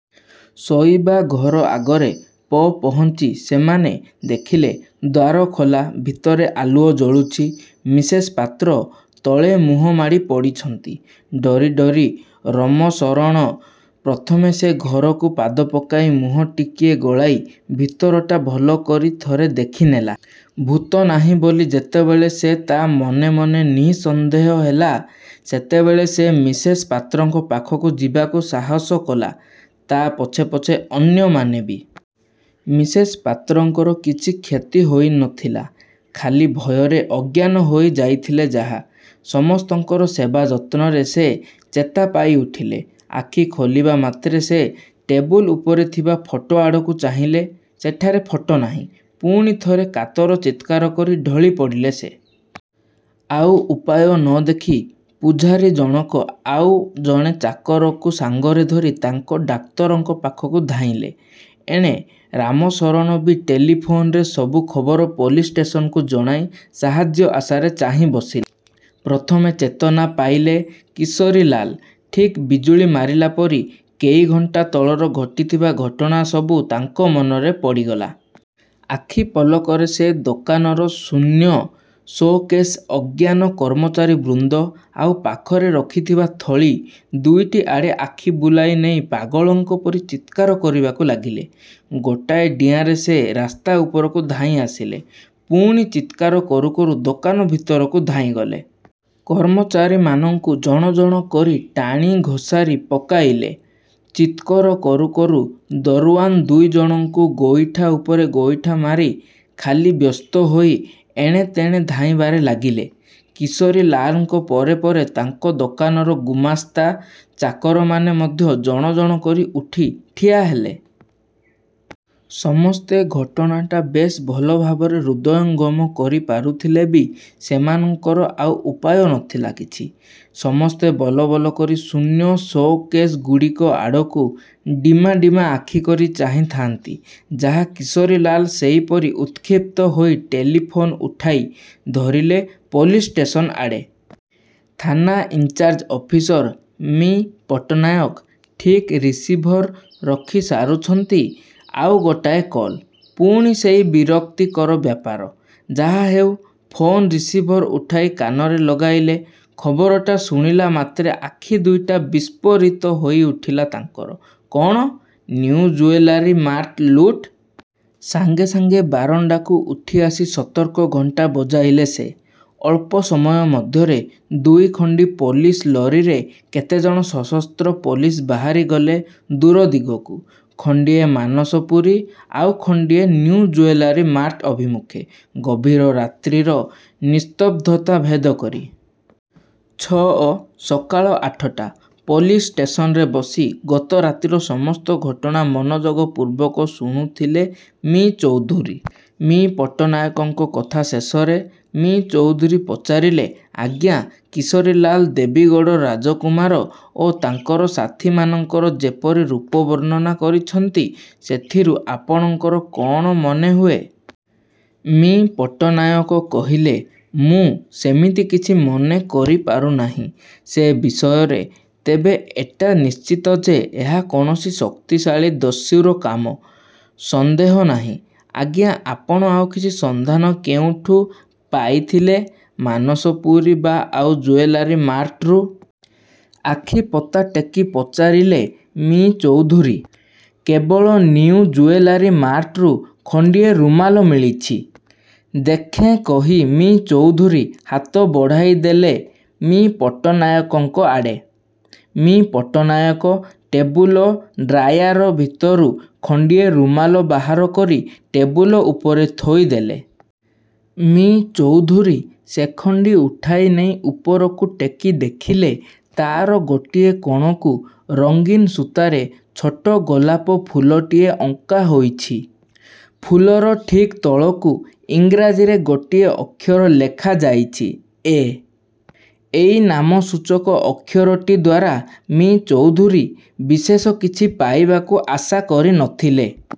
ଶୋଇବା ଘର ଆଗରେ ପପହଞ୍ଚି ସେମାନେ ଦେଖିଲେ-ଦ୍ୱାର ଖୋଲା, ଭିତରେ ଆଲୁଅ ଜଳୁଛି। ମିସେସ୍ ପାତ୍ର ତଳେ ମୁହଁ ମାଡ଼ି ପଡ଼ିଛନ୍ତି। ଡରି ଡରି ରମଶରଣ ପ୍ରଥମେ ସେ ଘରକୁ ପାଦ ପକାଇ ମୁହଁ ଟିକିଏ ଗଳାଇ ଭିତରଟା ଭଲ କରି ଥରେ ଦେଖିନେଲା। ଭୂତ ନାହିଁ ବୋଲି ଯେତେବେଳେ ସେ ତା' ମନେ ମନେ ନିଃସନ୍ଦେହ ହେଲା ସେତେବେଳେ ସେ ମିସେସ୍ ପାତ୍ରଙ୍କ ପାଖକୁ ଯିବାକୁ ସାହସ କଲା; ତା' ପଛେ ପଛେ ଅନ୍ୟମାନେ ବି। ମିସେସ୍ ପାତ୍ରଙ୍କର କିଛି କ୍ଷତି ହୋଇ ନଥିଲା। ଖାଲି ଭୟରେ ଅଜ୍ଞାନ ହୋଇ ଯାଇଥିଲେ ଯାହା। ସମସ୍ତଙ୍କର ସେବା ଯତ୍ନରେ ସେ ଚେତା ପାଇ ଉଠିଲେ। ଆଖି ଖୋଲିବା ମାତ୍ରେ ସେ ଟେବୁଲ ଉପରେ ଥିବା ଫଟୋଆଡ଼କୁ ଚାହିଁଲେ; ସେଠାରେ ଫଟୋ ନାହିଁ। ପୁଣି ଥରେ କାତର ଚିତ୍କାର କରି ଢଳି ପଡ଼ିଲେ ସେ। ଆଉ ଉପାୟ ନ ଦେଖି ପୁଝାରୀଜଣକ ଆଉ ଜଣେ ଚାକରକୁ ସାଙ୍ଗରେ ଧରି ତାଙ୍କ ଡାକ୍ତରଙ୍କ ପାଖକୁ ଧାଇଁଲେ। ଏଣେ ରାମଶରଣ ବି ଟେଲିଫୋନ୍ରେ ସବୁ ଖବର ପୋଲିସ୍ ଷ୍ଟେସନ୍କୁ ଜଣାଇ ସାହାଯ୍ୟ ଆଶାରେ ଚାହିଁ ବସିଲା। ପ୍ରଥମେ ଚେତନା ପାଇଲେ କିଶୋରୀଲାଲ। ଠିକ୍ ବିଜୁଳି ମାରିଲା ପରି କେଇଘଣ୍ଟା ତଳର ଘଟିଥିବା ଘଟଣା ସବୁ ତାଙ୍କ ମନରେ ପଡ଼ିଗଲା। ଆଖି ପଲକରେ ସେ ଦୋକାନର ଶୂନ୍ୟ ସୋ'କେଶ୍, ଅଜ୍ଞାନ କର୍ମଚାରୀ ବୃନ୍ଦ, ଆଉ ପାଖରେ ରଖିଥିବା ଥଳି ଦୁଇଟି ଆଡ଼େ ଆଖି ବୁଲାଇ ନେଇ ପାଗଳଙ୍କ ପରି ଚିତ୍କାର କରିବାକୁ ଲାଗିଲେ। ଗୋଟାଏ ଡିଆଁରେ ସେ ରାସ୍ତା ଉପରକୁ ଧାଇଁ ଆସିଲେ। ପୁଣି ଚିତ୍କାର କରୁ କରୁ ଦୋକାନ ଭିତରକୁ ଧାଇଁ ଗଲେ। କର୍ମଚାରୀମାନଙ୍କୁ ଜଣ ଜଣ କରି ଟାଣି ଘୋଷାରି ପକାଇଲେ।। ଚିତ୍କର କରୁ କରୁ ଦରଓ୍ୱାନ୍ ଦୁଇଜଣଙ୍କୁ ଗୋଇଠା ଉପରେ ଗୋଇଠା ମାରି ଖାଲି ବ୍ୟସ୍ତ ହୋଇ ଏଣେ ତେଣେ ଧାଇଁବାରେ ଲାଗିଲେ। କିଶୋରୀଲାଲଙ୍କ ପରେ ପରେ ତାଙ୍କ ଦୋକାନର ଗୁମାସ୍ତା, ଚାକରମାନେ ମଧ୍ୟ ଜଣ ଜଣ କରି ଉଠି ଠିଆହେଲେ। ସମସ୍ତେ ଘଟଣାଟା ବେଶ ଭଲ ଭାବରେ ହୃଦୟଙ୍ଗମ କରି ପାରୁଥିଲେ ବି ସେମାନଙ୍କର ଆଉ ଉପାୟ ନଥିଲା କିଛି; ସମସ୍ତେ ବଲ ବଲ କରି ଶୂନ୍ୟ ସୋ-କେଶ୍ଗୁଡ଼ିକ ଆଡ଼କୁ ଡିମା ଡିମା ଆଖି କରି ଚାହିଁଥାନ୍ତି ଯାହା। କିଶୋରୀଲାଲ ସେଇପରି ଉତ୍କ୍ଷିପ୍ତ ହୋଇ ଟେଲିଫୋନ୍ ଉଠାଇ ଧରିଲେ ପୋଲିସ୍ ଷ୍ଟେସନ୍ ଆଡ଼େ। ଥାନା ଇନ୍ଚାର୍ଯ ଅଫିସର ମି: ପଟ୍ଟନାୟକ ଠିକ୍ ରିସିଭର୍ ରଖି ସାରୁଛନ୍ତି-ଆଉ ଗୋଟାଏ କଲ୍! ପୁଣି ସେଇ ବିରକ୍ତିକର ବ୍ୟାପାର! ଯାହାହେଉ ଫୋନ୍ ରିସିଭର୍ ଉଠାଇ କାନରେ ଲଗାଇଲେ। ଖବରଟା ଶୁଣିଲା ମାତ୍ରେ ଆଖି ଦୁଇଟା ବିଷ୍ପୋରିତ ହୋଇଉଠିଲା ତାଙ୍କର। ''କ'ଣ? ନିଉ ଜୁଏଲାରୀ ମାର୍ଟ ଲୁଟ୍! '' ସାଙ୍ଗେ ସାଙ୍ଗେ ବାରଣ୍ଡାକୁ ଉଠିଆସି ସତର୍କ ଘଣ୍ଟା ବଜାଇଲେ ସେ। ଅଳ୍ପ ସମୟ ମଧ୍ୟରେ ଦୁଇଖଣ୍ଡି ପୋଲିସ୍ ଲରୀରେ କେତେଜଣ ସଶସ୍ତ୍ର ପୋଲିସ୍ ବାହାରି ଗଲେ ଦୂର ଦିଗକୁ। ଖଣ୍ଡିଏ ମାନସପୁରୀ, ଆଉ ଖଣ୍ଡିଏ ନିଉ ଜୁଏଲାରୀ ମାର୍ଟ ଅଭିମୁଖେ, ଗଭୀର ରାତ୍ରିର ନିସ୍ତବ୍ଧତା ଭେଦ କରି। -ଛଅ- ସକାଳ ଆଠଟା। ପୋଲିସ୍ ଷ୍ଟେସନରେ ବସି ଗତ ରାତିର ସମସ୍ତ ଘଟଣା ମନୋଯୋଗ ପୂର୍ବକ ଶୁଣୁଥିଲେ ମି: ଚୌଧୁରୀ। ମି: ପଟ୍ଟନାୟକଙ୍କ କଥା ଶେଷରେ ମି: ଚୌଧୁରୀ ପଚାରିଲେ, ''ଆଚ୍ଛା, କିଶୋରୀଲାଲ ଦେବୀଗଡ଼ ରାଜକୁମାର ଓ ତାଙ୍କର ସାଥୀମାନଙ୍କର ଯେପରି ରୂପ ବର୍ଣ୍ଣନା କରିଛନ୍ତି, ସେଥିରୁ ଆପଣଙ୍କର କ'ଣ ମନେ ହୁଏ? '' ମି: ପଟ୍ଟନାୟକ କହିଲେ, ''ମୁଁ ସେମିତି କିଛି ମନେ କରି ପାରୁନାହିଁ। ସେ ବିଷୟରେ ତେବେ ଏଟା ନିଶ୍ଚିତ ଯେ ଏହା କୌଣସି ଶକ୍ତିଶାଳୀ ଦସ୍ୟୁର କାମ, ସନ୍ଦେହ ନାହିଁ। '' ''ଆଚ୍ଛା, ଆପଣ ଆଉ କିଛି ସନ୍ଧାନ କେଉଁଠୁ ପାଇଥିଲେ; ମାନସପୁରୀ ବା ଆଉ ଜୁଏଲାରୀମାର୍ଟରୁ? '' ଆଖିପତା ଟେକି ପଚାରିଲେ ମି: ଚୌଧୁରୀ। କେବଳ ନିଉ ଜୁଏଲାରୀ ମାର୍ଟରୁ ଖଣ୍ଡିଏ ରୁମାଲ ମିଳିଛି। '' 'ଦେଖେଁ' କହି ମି: ଚୌଧୁରୀ ହାତ ବଢ଼ାଇ ଦେଲେ ମି: ପଟ୍ଟନାୟକଙ୍କ ଆଡ଼େ। ମି: ପଟ୍ଟନାୟକ ଟେବୁଲ ଡ୍ରାୟାର ଭିତରୁ ଖଣ୍ଡିଏ ରୁମାଲ ବାହାର କରି ଟେବୁଲ ଉପରେ ଥୋଇ ଦେଲେ। ମି: ଚୌଧୁରୀ ସେଖଣ୍ଡି ଉଠାଇ ନେଇ ଉପରକୁ ଟେକି ଦେଖିଲେ, ତା'ର ଗୋଟିଏ କୋଣକୁ ରଙ୍ଗୀନ୍ ସୂତାରେ ଛୋଟ ଗୋଲାପ ଫୁଲଟିଏ ଅଙ୍କା ହୋଇଛି। ଫୁଲର ଠିକ୍ ତଳକୁ ଇଂରାଜୀରେ ଗୋଟିଏ ଅକ୍ଷର ଲେଖା ଯାଇଛି 'ଏ'। ଏଇ ନାମସୂଚକ ଅକ୍ଷରଟି ଦ୍ୱାରା ମି: ଚୌଧୁରୀ ବିଶେଷ କିଛି ପାଇବାକୁ ଆଶା କରି ନ ଥିଲେ।